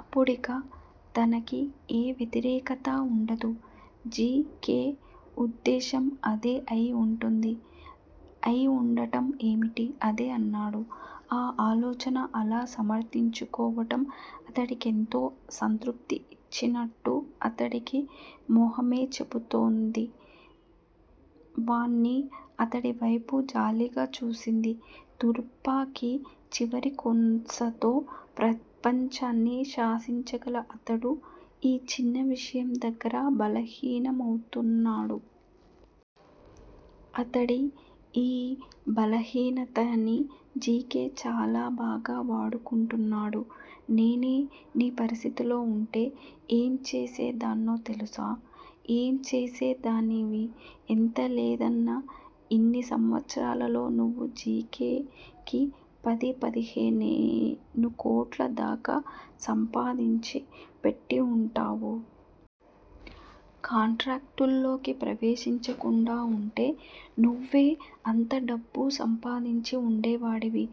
అప్పుడిక తనకి ఏ వ్యతిరేకతా వుండదు. జి. కె. వుద్దేశ్యం అదే అయి వుంటుంది. 'అయివుండటం' ఏమిటి? అదే అన్నాడు. ఆ ఆలోచన, అలా సమర్ధించుకోవటం అతడికెంతో సంతృప్తి ఇచ్చినట్టు అతడి మొహమే చెపుతోంది. వాణి అతడి వైపు జాలిగా చూసింది. తుపాకి చివరి కొసతో ప్రపంచాన్ని శాసించగల 'అతడు' ఈ చిన్న విషయం దగ్గిర బలహీనమవుతున్నాడు. అతడి ఈ బలహీనతని జి. కే. చాలా బాగా వాడుకుంటున్నాడు. నేనే నీ పరిస్థితిలో వుంటే ఏం చేసే దాన్నో తెలుసా? ఏం చేసే దానివి? ఎంత లేదన్నా ఇన్ని సంవత్సరాల్లో నువ్వు జి. కే. కి పది పదిహేను కోట్ల దాకా సంపాదించి పెట్టి వుంటావు. కాంట్రాక్టులోకి ప్రవేశించకుండా వుంటే, నువ్వే అంత డబ్బూ సంపాదించి వుండేవాడివి.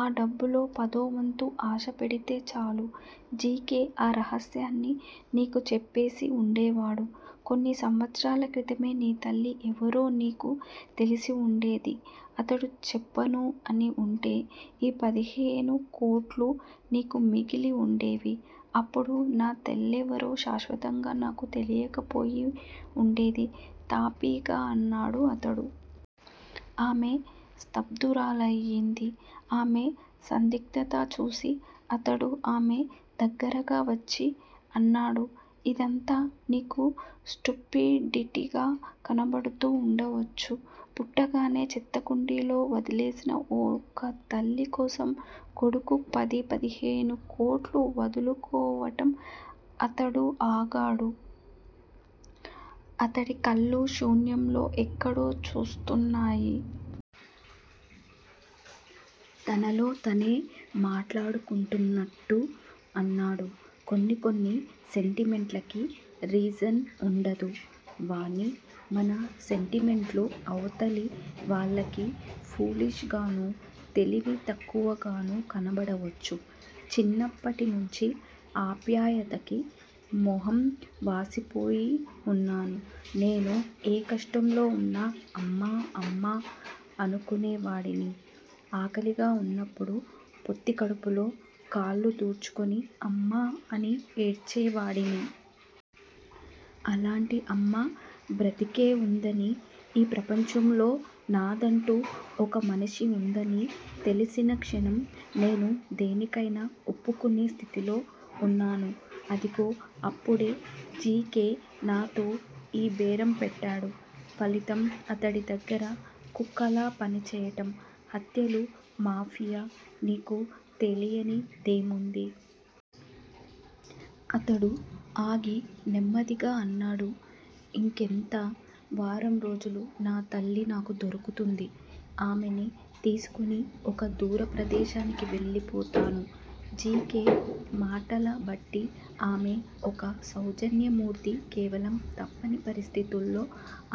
ఆ డబ్బులో పదోవంతు ఆశ పెడితే చాలు- జి. కే. ఆ రహస్యాన్ని నీకు చెప్పేసి వుండేవాడు. కొన్ని సంవత్సరాల క్రితమే నీ తల్లి ఎవరో నీకు తెలిసివుండేది అతడు చెప్పనూ అని వుంటే ఈ పదిహేను కోట్లూ నీకు మిగిలి వుండేవి అప్పుడు నా తల్లెవరో శాశ్వతంగా నాకు తెలియకపోయి వుండేది తాపీగా అన్నాడు అతడు. ఆమె స్థబ్దురాలయింది. ఆమె సందిగ్దత చూసి అతడు ఆమె దగ్గరగా వచ్చి అన్నాడు. ఇదంతా నీకు స్టుపిడిటీగా కనపడుతూ వుండవచ్చు. పుట్టగానే చెత్తకుండీలో వదిలేసిన ఒక తల్లి కోసం కొడుకు పది, పదిహేను కోట్లు వదులుకోవటం అతడు ఆగాడు. అతడి కళ్ళు శూన్యంలో ఎక్కడో చూస్తున్నాయి. తనలో తనే మాట్లాడుకుంటున్నట్టూ అన్నాడు. కొన్ని కొన్ని సెంటిమెంట్లకి రీజన్ వుండదు వాణీ! మన సెంటిమెంట్లు అవతలి వాళ్ళకి ఫూలిష్ గానూ, తెలివి తక్కువగానూ కనపడవచ్చు. చిన్నప్పటి నుంచీ ఆప్యాయతకి మొహం వాసిపోయివున్నాను. నేను ఏ కష్టంలో వున్నా 'అమ్మా- అమ్మా' అనుకునే వాడిని. ఆకలిగా వున్నప్పుడు పొత్తికడుపులో కాళ్ళు దూర్చుకుని 'అమ్మా' అని ఏడ్చే వాడిని. అలాటి 'అమ్మ' బ్రతికేవుందనీ ఈ ప్రపంచంలో నాదంటూ ఒక మనిషి వుందనీ తెలిసిన క్షణం నేను దేనికైనా ఒప్పుకునే స్థితిలో వున్నాను. అదిగో అప్పుడే జి. కే. నాతో ఈ బేరం పెట్టాడు. ఫలితం అతడి దగ్గర కుక్కలా పని చేయటం- హత్యలు, మాఫియా నీకు తెలియనిదేముంది? అతడు ఆగి, నెమ్మదిగా అన్నాడు. ఇంకెంత? వారం రోజులు నా తల్లి నాకు దొరుకుతుంది. ఆమెని తీసుకుని ఒక దూర ప్రదేశానికి వెళ్లి పోతాను. జి. కే. మాటలబట్టి ఆమె ఒక సౌజన్య మూర్తి కేవలం తప్పని పరిస్థితుల్లో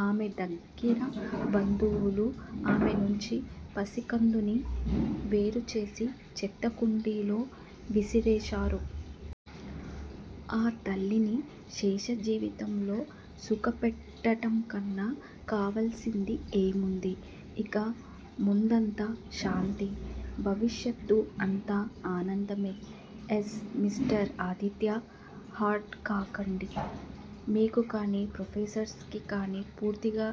ఆమె దగ్గిర బంధువులు ఆమె నుంచి పసికందుని వేరు చేసి చెత్తకుండీలో విసిరేశారు. ఆ తల్లిని శేష జీవితంలో సుఖపెట్టటంకన్నా కావల్సింది ఏముంది? ఇక ముందంతా శాంతే. భవిష్యత్తు అంతా ఆనందమే. Yes mister Aditya! హర్ట్ కాకండి. మీకు కాని, ప్రొఫెసర్స్ కి కాని పూర్తిగా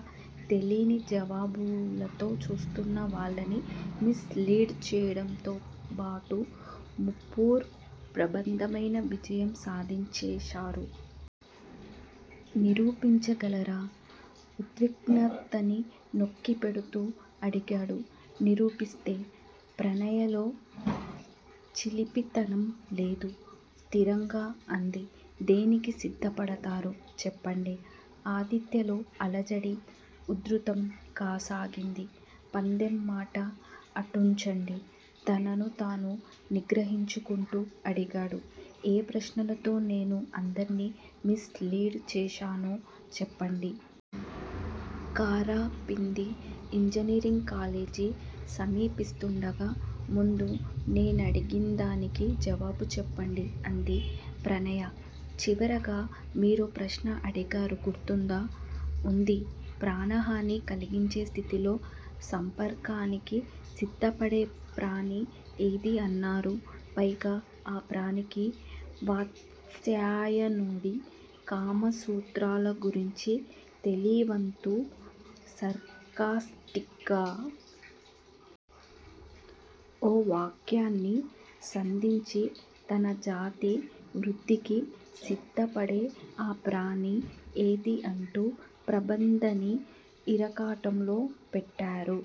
తెలీని జవాబులతో చూస్తున్న వాళ్ళని మిస్ లీడ్ చేయడంతో బాటు పూర్ ప్రబంధపైన విజయం సాధించేశారు. నిరూపించగలరా? ఉద్విగ్నతని నొక్కిపెడుతూ అడిగాడు. నిరూపిస్తే? ప్రణయలో చిలిపితనం లేదు. స్థిరంగా అంది- దేనికి సిద్ద పడతారు? చెప్పండి. ఆదిత్యలో అలజడి ఉధృతం కాసాగింది. పందెం మాట అటుంచండి తనను తాను నిగ్రహించుకుంటూ అడిగాడు. ఏ ప్రశ్నలతో నేను అందర్నీ మిస్ లీడ్ చేశానో చెప్పండి. కారాపింది ఇంజనీరింగ్ కాలేజీ సమీపిస్తుండగా ముందు నేనడిగిందానికి జవాబు చెప్పండి అంది ప్రణయ. చివరగా మీరో ప్రశ్న అడిగారు గుర్తుందా? ఉంది. ప్రాణహాని కలిగించే స్థితిలో సంపర్కానికి సిద్దపడే ప్రాణి ఏదీ అన్నారు పైగా ఆ ప్రాణికి వాత్స్యాయనుడి కామసూత్రాల గురించి తెలీవంతూ సర్కాస్టిక్ గా ఓ వాక్యాన్ని సంధించి తన జాతి వృద్దికి సిద్ద పడే ఆ ప్రాణి ఏదీ అంటూ ప్రబంధని ఇరకాటంలో పెట్టారు